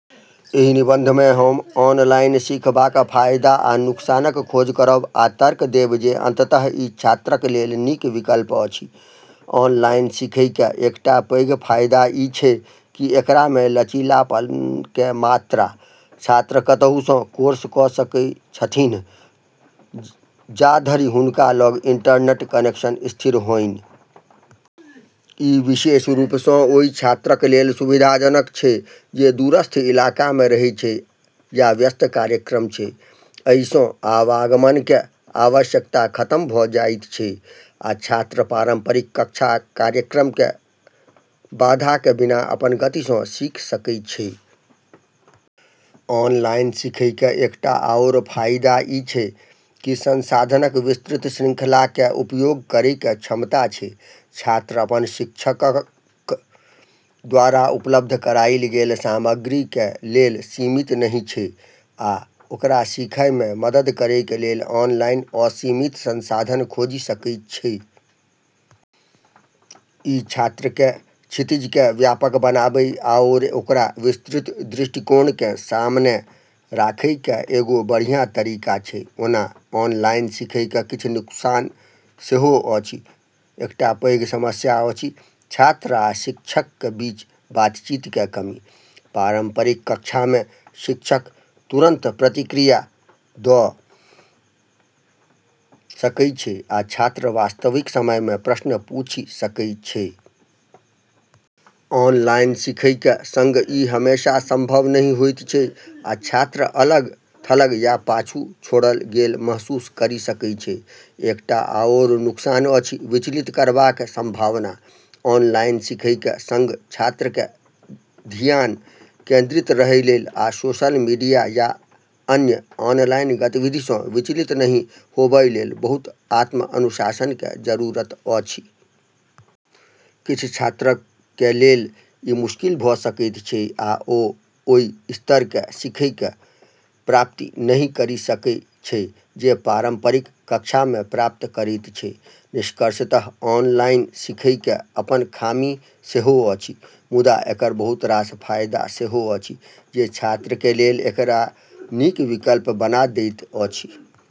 एहि निबंधमे हम ऑनलाइन सीखबाक फायदा आ नुकसानक खोज करब आ तर्क देब जे अंततः ई छात्रक लेल नीक विकल्प अछि। ऑनलाइन सिखैके एकटा पैघ फायदा ई छै कि एकरामे लचीलापनके मात्रा। छात्र कतहुसँ कोर्स क' सकै छथिन्ह, जा धरि हुनका लग इंटरनेट कनेक्शन स्थिर होइन। ई विशेष रूपसँ ओइ छात्रक लेल सुविधाजनक छै जे दूरस्थ इलाकामे रहै छै या व्यस्त कार्यक्रम छै। अइसँ आवागमनके आवश्यकता खतम भ' जाइत छै, आ छात्र पारंपरिक कक्षा कार्यक्रमके बाधाके बिना अपन गतिसँ सीख सकै छै। ऑनलाइन सिखैके एकटा आओर फाइदा ई छै कि संसाधनक विस्तृत श्रृंखलाके उपयोग करैके क्षमता छै। छात्र अपन शिक्षकक द्वारा उपलब्ध कराइल गेल सामग्रीके लेल सीमित नहि छै, आ ओकरा सीखयमे मदद करैके लेल ऑनलाइन असीमित संसाधन खोजि सकै छै। ई छात्रके क्षितिजके व्यापक बनाबै आओर ओकरा विस्तृत दृष्टिकोणके सामने राखैके एगो बढ़ियाँ तरीका छै। ओना ऑनलाइन सिखैके किछ नुकसान सेहो अछि। एकटा पैघ समस्या अछि छात्र आ शिक्षकके बीच बातचीतके कमी। पारंपरिक कक्षामे शिक्षक तुरंत प्रतिक्रिया द' सकै छै आ छात्र वास्तविक समयमे प्रश्न पूछि सकै छै। ऑनलाइन सिखैके सङ्ग ई हमेशा संभव नहि होइत छै, आ छात्र अलग-थलग या पाछू छोड़ल गेल महसूस करि सकै छै। एकटा आओर नुकसान अछि विचलित करबाक संभावना। ऑनलाइन सिखैके सङ्ग छात्रके धियान केंद्रित रहय लेल आ सोशल मीडिया या अन्य ऑनलाइन गतिविधिसँ विचलित नहि होबय लेल बहुत आत्म-अनुशासनके जरूरत अछि। किछ छात्रके लेल ई मुश्किल भ' सकैत छै, आ ओ ओइ स्तरके सिखैके प्राप्ति नहि करि सकै छै जे पारंपरिक कक्षामे प्राप्त करैत छै। निष्कर्षतः ऑनलाइन सिखैके अपन खामी सेहो अछि मुदा एकर बहुत रास फायदा सेहो अछि जे छात्रके लेल एकरा नीक विकल्प बना दैत अछि।